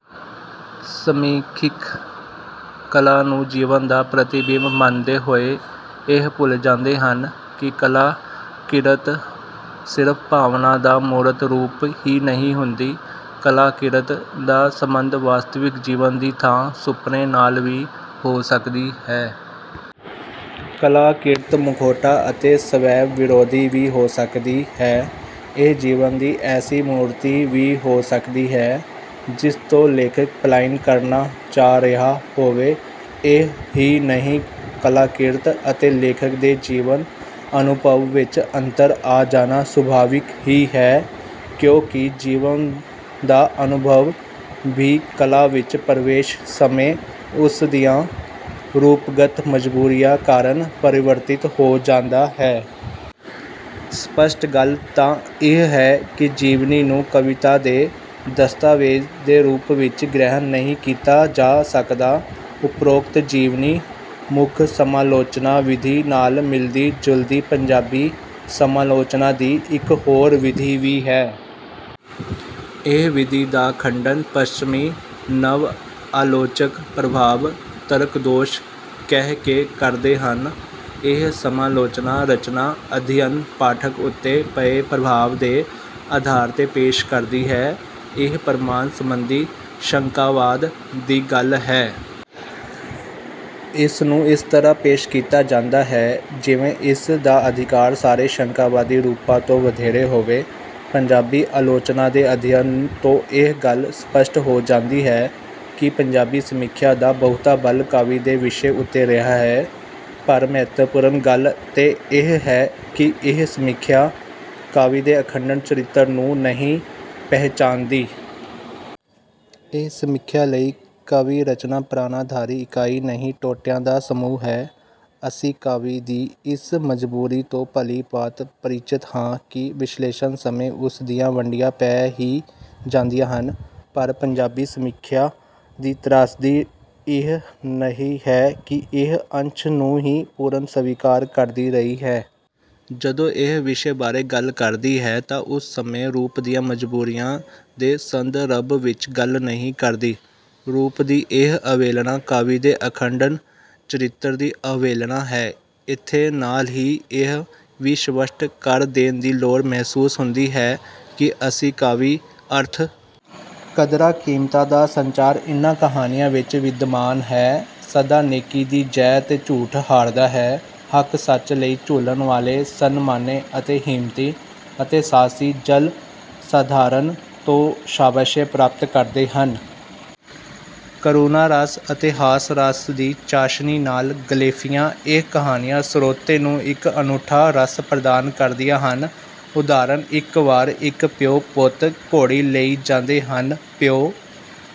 ਸਮੀਖਿਕ ਕਲਾ ਨੂੰ ਜੀਵਨ ਦਾ ਪ੍ਰਤੀਬਿੰਬ ਮੰਨਦੇ ਹੋਏ ਇਹ ਭੁੱਲ ਜਾਂਦੇ ਹਨ ਕਿ ਕਲਾਕਿਰਤ ਸਿਰਫ ਭਾਵਾਂ ਦਾ ਮੂਰਤ ਰੂਪ ਹੀ ਨਹੀਂ ਹੁੰਦੀ। ਕਲਾਕਿਰਤ ਦਾ ਸੰਬੰਧ ਵਾਸਤਵਿਕ ਜੀਵਨ ਦੀ ਥਾਂ ਸੁਪਨੇ ਨਾਲ ਵੀ ਹੋ ਸਕਦੀ ਹੈ। ਕਲਾਕਿਰਤ ਮੁਖੌਟਾ ਅਤੇ ਸਵੈ ਵਿਰੋਧੀ ਵੀ ਹੋ ਸਕਦੀ ਹੈ। ਇਹ ਜੀਵਨ ਦੀ ਐਸੀ ਮੂਰਤੀ ਵੀ ਹੋ ਸਕਦੀ ਹੈ ਜਿਸ ਤੋਂ ਲੇਖਕ ਪਲਾਇਨ ਕਰਨਾ ਚਾਹ ਰਿਹਾ ਹੋਵੇ। ਇਹ ਹੀ ਨਹੀਂ ਕਲਾਕਿਰਤ ਅਤੇ ਲੇਖਕ ਦੇ ਜੀਵਨ ਅਨੁਭਵ ਵਿੱਚ ਅੰਤਰ ਆ ਜਾਣਾ ਸੁਭਾਵਿਕ ਹੀ ਹੈ ਕਿਉਂਕਿ ਜੀਵਨ ਦਾ ਅਨੁਭਵ ਵੀ ਕਲਾ ਵਿੱਚ ਪ੍ਰਵੇਸ਼ ਸਮੇਂ ਉਸ ਦੀਆਂ ਰੂਪਗਤ ਮਜ਼ਬੂਰੀਆਂ ਕਾਰਣ ਪਰਿਵਰਤਿਤ ਹੋ ਜਾਂਦਾ ਹੈ। ਸਪੱਸ਼ਟ ਗੱਲ ਤਾਂ ਇਹ ਹੈ ਕਿ ਜੀਵਨੀ ਨੂੰ ਕਵਿਤਾ ਦੇ ਦਸਤਾਵੇਜ਼ ਦੇ ਰੂਪ ਵਿੱਚ ਗ੍ਰਹਿਣ ਨਹੀਂ ਕੀਤਾ ਜਾ ਸਕਦਾ। ਉਪਰੋਕਤ ਜੀਵਨੀ ਮੁੱਖ ਸਮਾਲੋਚਨਾ ਵਿਧੀ ਨਾਲ ਮਿਲਦੀ ਜੁਲਦੀ ਪੰਜਾਬੀ ਸਮਾਲੋਚਨਾ ਦੀ ਇੱਕ ਹੋਰ ਵਿਧੀ ਵੀ ਹੈ। ਇਸ ਵਿਧੀ ਦਾ ਖੰਡਨ ਪੱਛਮੀ ਨਵ ਆਲੋਚਕ ਪ੍ਰਭਾਵ ਤਰਕਦੋਸ਼ ਕਹਿ ਕੇ ਕਰਦੇ ਹਨ। ਇਹ ਸਮਾਲੋਚਨਾ ਰਚਨਾ ਅਧਿਅਨ ਪਾਠਕ ਉੱਤੇ ਪਏ ਪ੍ਰਭਾਵ ਦੇ ਆਧਾਰ ਤੇ ਪੇਸ਼ ਕਰਦੀ ਹੈ। ਇਹ ਪ੍ਰਮਾਣ ਸੰਬੰਧੀ ਸ਼ੰਕਾਵਾਦ ਦੀ ਗੱਲ ਹੈ। ਇਸ ਨੂੰ ਇਸ ਤਰ੍ਹਾਂ ਪੇਸ਼ ਕੀਤਾ ਜਾਂਦਾ ਹੈ ਜਿਵੇਂ ਇਸ ਦਾ ਅਧਿਕਾਰ ਸਾਰੇ ਸ਼ੰਕਾਵਾਦੀ ਰੂਪਾਂ ਤੋਂ ਵਧੇਰੇ ਹੋਵੇ। ਪੰਜਾਬੀ ਆਲੋਚਨਾ ਦੇ ਅਧਿਅਨ ਤੋਂ ਇਹ ਗੱਲ ਸਪੱਸ਼ਟ ਹੋ ਜਾਂਦੀ ਹੈ ਕਿ ਪੰਜਾਬੀ ਸਮੀਖਿਆ ਦਾ ਬਹੁਤਾ ਬਲ ਕਾਵਿ ਦੇ ਵਿਸ਼ੇ ਉੱਤੇ ਰਿਹਾ ਹੈ ਪਰ ਮਹੱਤਵਪੂਰਨ ਗੱਲ ਤੇ ਇਹ ਹੈ ਕਿ ਇਹ ਸਮੀਖਿਆ ਕਾਵਿ ਦੇ ਅਖੰਡ ਚਰਿਤਰ ਨੂੰ ਨਹੀਂ ਪਹਿਚਾਣਦੀ। ਇਸ ਸਮੀਖਿਆ ਲਈ ਕਵੀ ਰਚਨਾ ਪ੍ਰਾਣਾਧਾਰੀ ਇੱਕਾਈ ਨਹੀਂ ਟੋਟਿਆਂ ਦਾ ਸਮੂਹ ਹੈ। ਅਸੀਂ ਕਾਵਿ ਦੀ ਇਸ ਮਜ਼ਬੂਰੀ ਤੋਂ ਭਲੀ ਭਾਂਤ ਪਰਿਚਤ ਹਾਂ ਕਿ ਵਿਸ਼ਲੇਸ਼ਨ ਸਮੇਂ ਉਸ ਦੀਆਂ ਵੰਡੀਆਂ ਪੈ ਹੀ ਜਾਂਦੀਆਂ ਹਨ ਪਰ ਪੰਜਾਬੀ ਸਮੀਖਿਆ ਦੀ ਤ੍ਰਾਸਦੀ ਇਹ ਰਹੀ ਹੈ ਕਿ ਇਹ ਅੰਸ਼ ਨੂੰ ਹੀ ਪੂਰਨ ਸਵੀਕਾਰ ਕਰਦੀ ਰਹੀ ਹੈ। ਜਦੋਂ ਇਹ ਵਿਸ਼ੇ ਬਾਰੇ ਗੱਲ ਕਰਦੀ ਹੈ ਤਾਂ ਉਸ ਸਮੇਂ ਰੂਪ ਦੀਆਂ ਮਜ਼ਬੂਰੀਆਂ ਦੇ ਸੰਦਰਭ ਵਿੱਚ ਗੱਲ ਨਹੀਂ ਕਰਦੀ। ਰੂਪ ਦੀ ਇਹ ਅਵਹੇਲਨਾ ਕਾਵਿ ਦੇ ਅਖੰਡ ਚਰਿਤਰ ਦੀ ਅਵਹੇਲਨਾ ਹੈ। ਇੱਥੇ ਨਾਲ ਹੀ ਇਹ ਵੀ ਸਪੱਸ਼ਟ ਕਰ ਦੇਣ ਦੀ ਲੋੜ ਮਹਿਸੂਸ ਹੁੰਦੀ ਹੈ ਕਿ ਅਸੀਂ ਕਾਵਿ ਅਰਥ। ਕਦਰਾਂ ਕੀਮਤਾਂ ਦਾ ਸੰਚਾਰ ਇਨ੍ਹਾਂ ਕਹਾਣੀਆਂ ਵਿੱਚ ਵਿਦਮਾਨ ਹੈ। ਸਦਾ ਨੇਕੀ ਦੀ ਜੈ ਤੇ ਝੂਠ ਹਾਰਦਾ ਹੈ। ਹੱਕ ਸੱਚ ਲਈ ਜੂਝਣ ਵਾਲੇ ਸਨਮਾਨੇ ਅਤੇ ਹਿੰਮਤੀ ਅਤੇ ਸਾਹਸੀ ਜਨਸਧਾਰਨ ਤੋਂ ਸ਼ਾਬਾਸ਼ੇ ਪ੍ਰਾਪਤ ਕਰਦੇ ਹਨ। ਕਰੁਣਾ ਰਸ ਅਤੇ ਹਾਸ ਰਸ ਦੀ ਚਾਸ਼ਨੀ ਨਾਲ ਗਲੇਫੀਆਂ ਇਹ ਕਹਾਣੀਆਂ ਸਰੋਤੇ ਨੂੰ ਇੱਕ ਅਨੂਠਾ ਰਸ ਪ੍ਰਦਾਨ ਕਰਦੀਆਂ ਹਨ। ਉਦਾਹਰਣ ਇੱਕ ਵਾਰ ਇੱਕ ਪਿਉ ਪੁੱਤ ਘੋੜੀ ਲਈ ਜਾਂਦੇ ਹਨ। ਪਿਓ